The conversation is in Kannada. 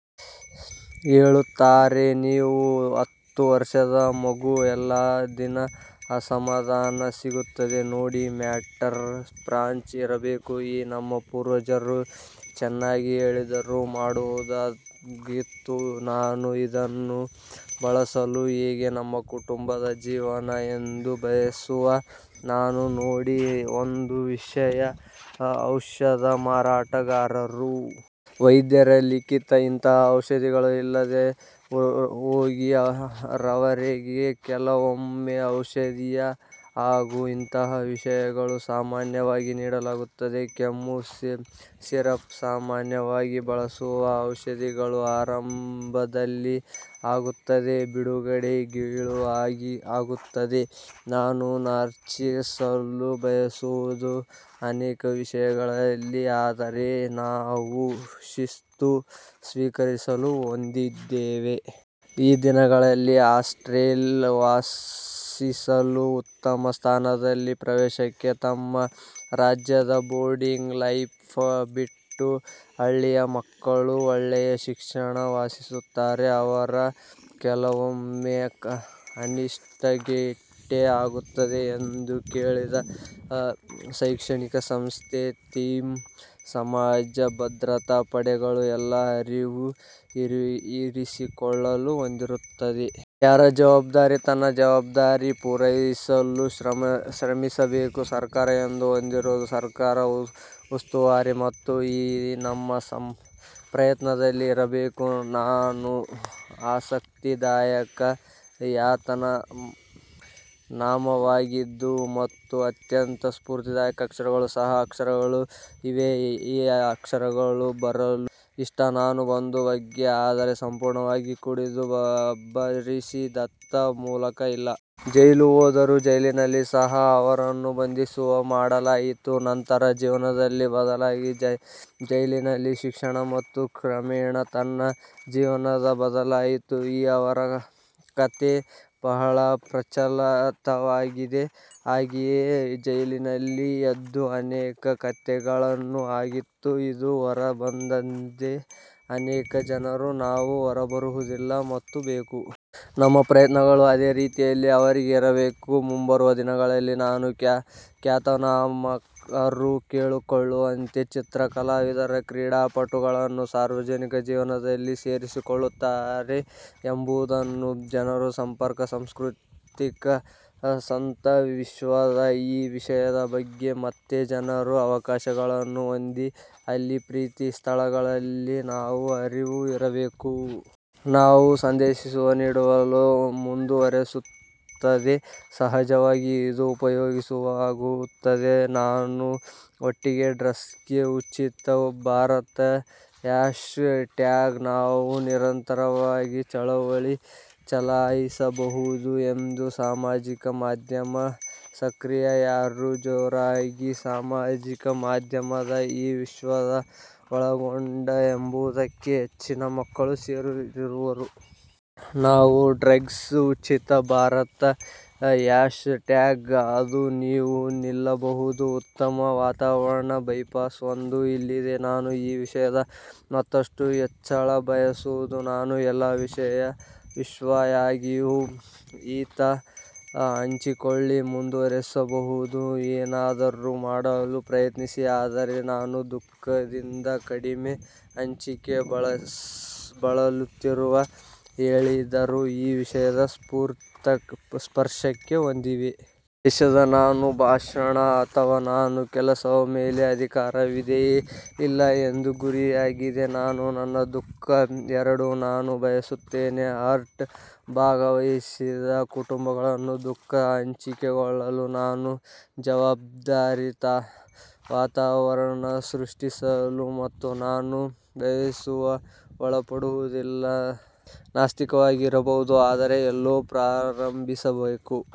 ಹೇಳುತ್ತಾರೆ. ನೀವು ಹತ್ತು ವರ್ಷದ ಮಗು ಎಲ್ಲಾ ದಿನ ಅಸಮಾಧಾನ ಸಿಗುತ್ತದೆ ನೋಡಿ. ಮ್ಯಾಟರ್ ಫ್ರಾಂಕ್ ಇರಬೇಕು. ಈ ನಮ್ಮ ಪೂರ್ವಜರು ಚೆನ್ನಾಗಿ ಹೇಳಿದರು ಮಾಡುವುದಾಗಿತ್ತು. ನಾನು ಅದನ್ನು ಬಳಸಲು ಹೇಗೆ ನಮ್ಮ ಕುಟುಂಬ ಜೀವನ, ಎಂದು ಬಯಸುವ. ನಾನು ನೋಡಿ ಒಂದು ವಿಷಯ ಔಷಧ ಮಾರಾಟಗಾರರು. ವೈದ್ಯರ ಲಿಖಿತ ಇಂತಹ ಔಷಧಿಗಳ ಇಲ್ಲದೆ ಹೋಗಿ ರವರೆಗೆ ಕೆಲವೊಮ್ಮೆ ಔಷಧೀಯ, ಹಾಗೂ ಇಂತಹ ವಿಷಯಗಳನ್ನು ಸಾಮಾನ್ಯವಾಗಿ ನೀಡಲಾಗುತ್ತದೆ. ಕೆಮ್ಮು ಸಿರಪ್ ಸಾಮಾನ್ಯವಾಗಿ ಬಳಸುವ ಔಷಧಿಗಳು ಆರಂಭದಲ್ಲಿ ಆಗುತ್ತದೆ. ಬಿಡುಗಡೆ ಗೀಳು ಆಗುತ್ತದೆ. ನಾನು ಚರ್ಚಿಸಲು ಬಯಸುವುದಿಲ್ಲ ಅನೇಕ ವಿಷಯಗಳಿವೆ. ಆದರೆ ನಾವು ಶಿಸ್ತು ಸ್ವೀಕರಿಸಲು ಹೊಂದಿವೆ. ಈ ದಿನಗಳಲ್ಲಿ, ಹಾಸ್ಟೆಲ್ ವಾಸಿಸಲು ಉತ್ತಮ ಸ್ಥಾನದಲ್ಲಿ ಪ್ರವೇಶಕ್ಕೆ ತಮ್ಮ ರಾಜ್ಯದ ಬೋರ್ಡಿಂಗ್ ಲೈಫ್ ಬಿಟ್ಟು ಹಳ್ಳಿಯ ಮಕ್ಕಳು, ಒಳ್ಳೆಯ ಶಿಕ್ಷಣ ವಾಸಿಸುತ್ತಿದ್ದಾರೆ. ಅವರು ಕೆಲವೊಮ್ಮೆ ಅನಿಷ್ಟ ಗೇಟ್ವೇ ಆಗುತ್ತದೆ ಎಂದು ಕೇಳಿದ. ಶೈಕ್ಷಣಿಕ ಸಂಸ್ಥೆಗಳ ಥೀಮ್, ಸಮಾಜ, ಭದ್ರತಾ ಪಡೆಗಳು ಎಲ್ಲ ಅರಿವು ಇರಿಸಿಕೊಳ್ಳಲು ಹೊಂದಿರುತ್ತದೆ. ಯಾರ ಜವಾಬ್ದಾರಿ ತನ್ನ ಜವಾಬ್ದಾರಿ ಪೂರೈಸಲು ಶ್ರಮಿಸಬೇಕು. ಸರ್ಕಾರ ಎಂದು ಹೊಂದಿರುತ್ತದೆ ಸರ್ಕಾರದ ಉಸ್ತುವಾರಿ. ಮತ್ತು ಈ ನಮ್ಮ ಪ್ರಯತ್ನದ ಇರಬೇಕು. ನಾನು, ಆಸಕ್ತಿದಾಯಕ ಯಾತನಾಮಯವಾಗಿದೆ ಮತ್ತು ಅತ್ಯಂತ ಸ್ಪೂರ್ತಿದಾಯಕ ಅಕ್ಷರಗಳು ಸಹ ಅಕ್ಷರಗಳು ಇವೆ ಈ ಅಕ್ಷರಗಳ ಬರಲು ಇಷ್ಟ. ನಾನು ಇಂದು ಬಗ್ಗೆ, ಆದರೆ ಸಂಪೂರ್ಣವಾಗಿ ಕುಡಿದು ಒಬ್ಬ ಶ್ರೀ ದತ್ ಮೂಲಕ ಇಲ್ಲ., ಜೈಲು ಹೋದರು ಜೈಲಿನಲ್ಲಿ ಸಹ ಅವರನ್ನು ಬಂಧಿಸುವ ಮಾಡಲಾಯಿತು. ನಂತರ ಜೀವನದಲ್ಲಿ ಬದಲಾಗಿದೆ. ಜೈಲಿನಲ್ಲಿ ಶಿಕ್ಷಣ ಮತ್ತು ಕ್ರಮೇಣ ತನ್ನ ಜೀವನದ ಬದಲಾಗಿದೆ. ಈ ಅವರ ಕಥೆ ಬಹಳ ಪ್ರಚಲಿತವಾಗಿದೆ ಆಗಿದೆ. ಜೈಲಿನಲ್ಲಿ ಎಂದು ಅನೇಕ ಕಥೆಗಳು ಆಗಿತ್ತು. ಇದು ಹೊರಬಂದಿದೆ ಅನೇಕ ಜನರು. ನಾವು ಹೊರಬರುವುದಿಲ್ಲ ಮತ್ತು ಬೇಕು. ನಮ್ಮ ಪ್ರಯತ್ನಗಳು ಅದೇ ರೀತಿಯಲ್ಲಿ, ಅವರಿಗೆ ಇರಬೇಕು. ಮುಂಬರುವ ದಿನಗಳಲ್ಲಿ ನಾನು ಖ್ಯಾತನಾಮರು ಕೇಳಿಕೊಳ್ಳುತ್ತೇವೆ. ಚಿತ್ರ ಕಲಾವಿದರು ಕ್ರೀಡಾಪಟುಗಳ ಸಾರ್ವಜನಿಕ ಜೀವನದಲ್ಲಿ ಸೇರಿಕೊಳ್ಳುತ್ತಾರೆ ಎಂಬುದನ್ನು ಜನರು ಸಂಪರ್ಕ. ಸಾಂಸ್ಕೃತಿಕ ಸಂತ ವಿಶ್ವದ, ಈ ವಿಷಯದ ಬಗ್ಗೆ ಮತ್ತೆ ಜನರು ಅವಕಾಶಗಳನ್ನು ಹೊಂದಿತ್ತು ಅಲ್ಲಿ ಪ್ರತಿ ಸ್ಥಳದಲ್ಲಿ, ನಾವು ಅರಿವು ಇರಬೇಕು. ನಾವು ಸಂದೇಶವನ್ನು ನೀಡಲು ಮುಂದುವರೆಸುತ್ತದೆ. ಸಹಜವಾಗಿ ಇದು ಉಪಯೋಗವಾಗುತ್ತದೆ. ನಾನು ಒಟ್ಟಿಗೆ ಡ್ರಗ್ಸ್ ಉಚಿತ ಭಾರತ ಹ್ಯಾಶ್ ಟ್ಯಾಗ್ ನಾವು ನಿರಂತರವಾಗಿ ಚಳವಳಿ ಚಲಾಯಿಸಬಹುದು ಎಂದು ಸಾಮಾಜಿಕ ಮಾಧ್ಯಮ ಸಕ್ರಿಯ ಯಾರು ಜೋರಾಗಿ. ಸಾಮಾಜಿಕ ಮಾಧ್ಯಮದ ಈ ವಿಶ್ವದ ಒಳಗೊಂಡಿದೆ ಎಂಬುದಕ್ಕೆ ಹೆಚ್ಚಿನ ಮಕ್ಕಳು ಸೇರಿರುವ. ನಾವು ಡ್ರಗ್ಸ್ ಉಚಿತ ಭಾರತ ಹ್ಯಾಶ್ ಟ್ಯಾಗ್, ಅದು ನಾವು ನಿಲ್ಲಬಹುದು ಉತ್ತಮ ವಾತಾವರಣ ಬೈಪಾಸ್ ಒಂದು ಇಲ್ಲಿದೆ. ನಾನು ಈ ವಿಷಯ ಮತ್ತಷ್ಟು ಹೆಚ್ಚಳ ಬಯಸುವ. ನಾವು ಎಲ್ಲಾ ಯಶಸ್ವಿಯಾಗಿ ಈತ ಹಂಚಿಕೊಳ್ಳಿ ಮುಂದುವರಿಸಬಹುದು, ಏನಾದರೂ ಮಾಡಲು ಪ್ರಯತ್ನಿಸಿ. ಆದರೆ ನಾನು ದುಃಖದಿಂದ ಕಡಿಮೆ ಹಂಚಿಕೆ ಬಳಲುತ್ತಿರುವ ಹೇಳಿದರು ಈ ವಿಷಯ ಸ್ಪರ್ಶಕ್ಕೆ ಹೊಂದಿವೆ. ದೇಶದ ನಾನು ಭಾಷಣ ಅಥವಾ ನಾನು ಕಲಿಸಲು ಮೇಲೆ ಅಧಿಕಾರವಿದೆಯೇ ಇಲ್ಲ ಎಂದು, ಗುರಿಯಾಗಿದೆ. ನಾನು ನನ್ನ ದುಃಖ, ಎರಡೂ ನಾನು ಬಯಸುತ್ತೇನೆ ಹರ್ಟ್ ಭಾಗವಹಿಸಿದರು ಕುಟುಂಬಗಳ ದುಃಖ ಹಂಚಿಕೊಳ್ಳಲು ನಾನು. ಜವಾಬ್ದಾರಿ ವಾತಾವರಣ ಸೃಷ್ಟಿಸಲು ಮತ್ತು ನಾನು ಬಯಸುವ. ಒಳಪಡುವುದಿಲ್ಲ-ನಾಸ್ತಿಕವಾದಿ ಇರಬಹುದು. ಆದರೆ ಎಲ್ಲೋ ಪ್ರಾರಂಭಿಸಬೇಕು.